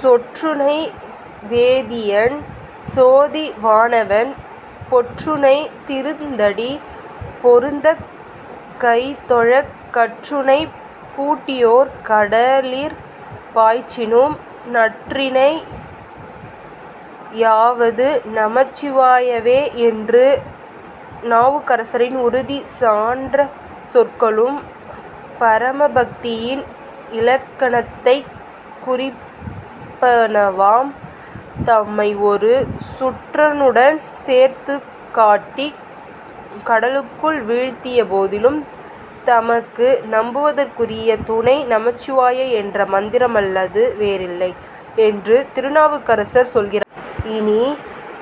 சொற்றுணை வேதியன் சோதி வானவன் பொற்றுணை திருந்தடி பொருந்தக் கைதொழக் கற்றுணைப் பூட்டியோர் கடலிற் பாய்ச்சினும் நற்றுணை யாவது நமச் சிவாய வே என்று நாவுக்கரசரின் உறுதி சான்ற சொற்களும் பரமபக்தியின் இலக்கணத்தைக் குறிப்பவனவாம். தம்மை ஒரு சுற்றாணுடன் சேர்த்துக் கட்டிக் கடலுக்குள் வீழ்த்திய போதிலும் தமக்கு நம்புவதற்குரிய துணை நமச்சிவாய என்ற மந்திரமல்லது வேறில்லை என்று திருநாவுக்கரசர் சொல்லுகிறார். இனி,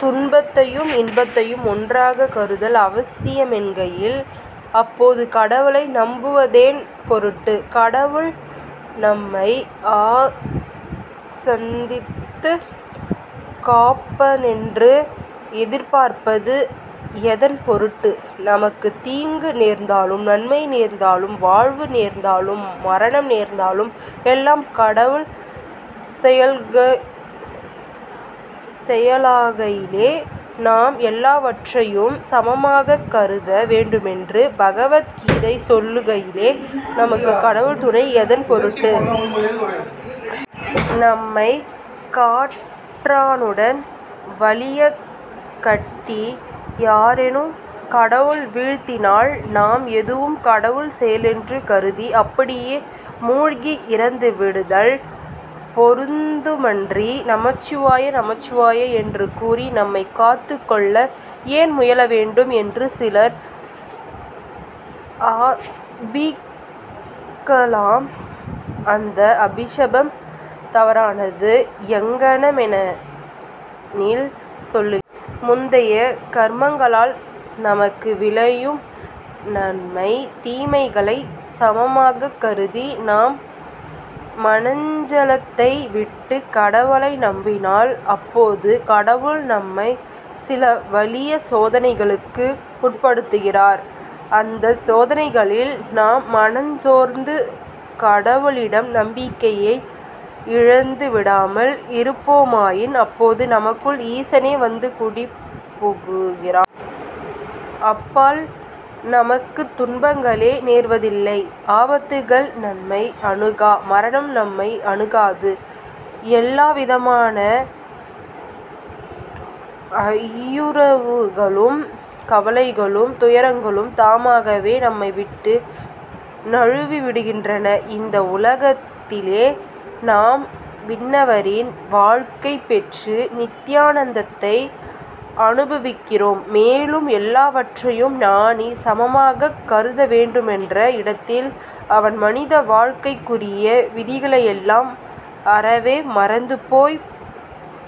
துன்பத்தையும் இன்பத்தையும் ஒன்றாகக் கருதுதல் அவசியமென்கையில், அப்போது கடவுளை நம்புவதெதன் பொருட்டு? கடவுள் நம்மை அச்சந்தீர்த்துக் காப்பானென்று எதிர்ப்பார்ப்பது எதன் பொருட்டு? நமக்குத் தீங்கு நேர்ந்தாலும், நன்மை நேர்ந்தாலும், வாழ்வு நேர்ந்தாலும், மரணம் நேர்ந்தாலும் எல்லாம் கடவுள் செயலாகையிலே நாம் எல்லாவற்றையும் சமமாகக் கருத வேண்டுமென்று பகவத் கீதை சொல்லுகையிலே, நமக்குக் கடவுள் துணை எதன் பொருட்டு? நம்மைக் கற்றாணுடன் வலியக் கட்டி யாரேனும் கடலுள் வீழ்த்தினால், நாம் இதுவும் கடவுள் செயலென்று கருதி அப்படியே மூழ்கி இறந்து விடுதல் பொருந்துமன்றி, நமச்சிவாய, நமச்சிவாய என்று கூறி நம்மைக் காத்துக்கொள்ள ஏன் முயல வேண்டும்? என்று சிலர் ஆக்ஷேபிக்கலாம். இந்த ஆக்ஷேபம் தவறானது. யாங்ஙனமெனில், சொல்லுகிறேன். முந்திய கர்மங்களால் நமக்கு விளையும் நன்மை தீமைகளைச் சமமாகக் கருதி நாம் மனச்சஞ்லத்தை விட்டுக் கடவுளை நம்பினால், அப்போது கடவுள் நம்மைச் சில வலிய சோதனைகளுக்கு உட்படுத்துகிறார். அந்தச் சோதனைகளில் நாம் மனஞ்சோர்ந்து கடவுளிடம் நம்பிக்கையை இழந்து விடாமல் இருப்போமாயின், அப்போது நமக்குள் ஈசனே வந்து குடிபுகிறான். அப்பால் நமக்குத் துன்பங்களே நேர்வதில்லை. ஆபத்துக்கள் நம்மை அணுகா. மரணம் நம்மை அணுகாது. எல்லாவிதமான ஐயுறவுகளும், கவலைகளும், துயரங்களும், தாமாகவே நம்மை விட்டு நழுவிவிடுகின்றன. இந்த உலகத்திலே நாம் விண்ணவரின் வாழ்க்கை பெற்று நித்தியானந்தத்தை அனுபவிக்கிறோம். மேலும், எல்லாவற்றையும் ஞானி சமமாகக் கருதவேண்டுமென்ற இடத்தில், அவன் மனித வாழ்க்கைக்குரிய விதிகளையெல்லாம் அறவே மறந்து போய்ப்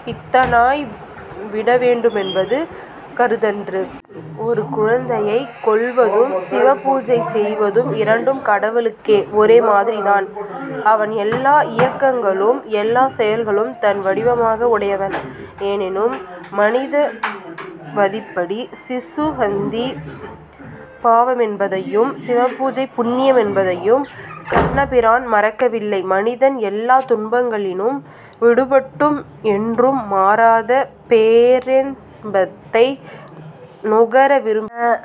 பித்தனாய் விடவேண்டுமென்பது கருத்தன்று. ஒரு குழந்தையைக் கொல்லுவதும், சிவ பூஜை செய்வதும் இரண்டும் கடவுளுக்கு ஒரே மாதிரிதான். அவன் எல்லா இயக்கங்களும், எல்லாச் செயல்களும் தன் வடிவமாக உடையவன், எனினும், மனித வதிப்படி சிசு ஹத்தி பாவமென்பதையும், சிவபூஜை புண்ணியமென்பதையும் கண்ணபிரான் மறுக்கவில்லை. மனிதன் எல்லாந் துன்பங்களினின்றும் விடுபட்டும், என்றும் மாறாத பேரின்பத்தை நுகர விரும்புகின்றான்.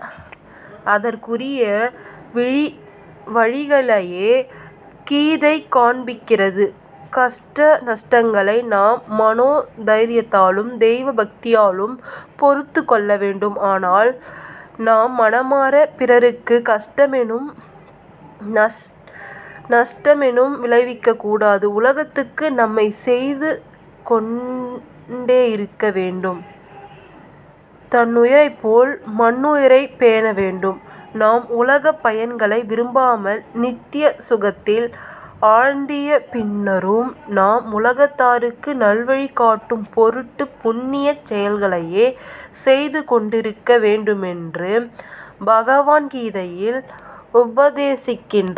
அதற்குரிய வழிகளையே கீதை காண்பிக்கிறது. கஷ்ட நஷ்டங்களை நாம் மனோ தைரியத்தாலும் தெய்வ பக்தியாலும் பொறுத்துக் கொள்ளவேண்டும். ஆனால், நாம் மனமாரப் பிறருக்குக் கஷ்ட மேனும் நஷ்ட மேனும் விளைவிக்கக் கூடாது. உலகத்துக்கு நன்மை செய்து கொண்டேயிருக்க வேண்டும். தன்னுயிரைப்போல் மன்னுயிரைப் பேணவேண்டும். நாம் உலகப் பயன்களை விரும்பாமல், நித்திய சுகத்தில் ஆழ்ந்திய பின்னரும், நாம் உலகத்தாருக்கு நல்வழி காட்டும் பொருட்டுப் புண்ணியச் செயல்களையே செய்து கொண்டிருக்க வேண்டுமென்று பகவான் கீதையில் உபதேசிக்கின்றார்.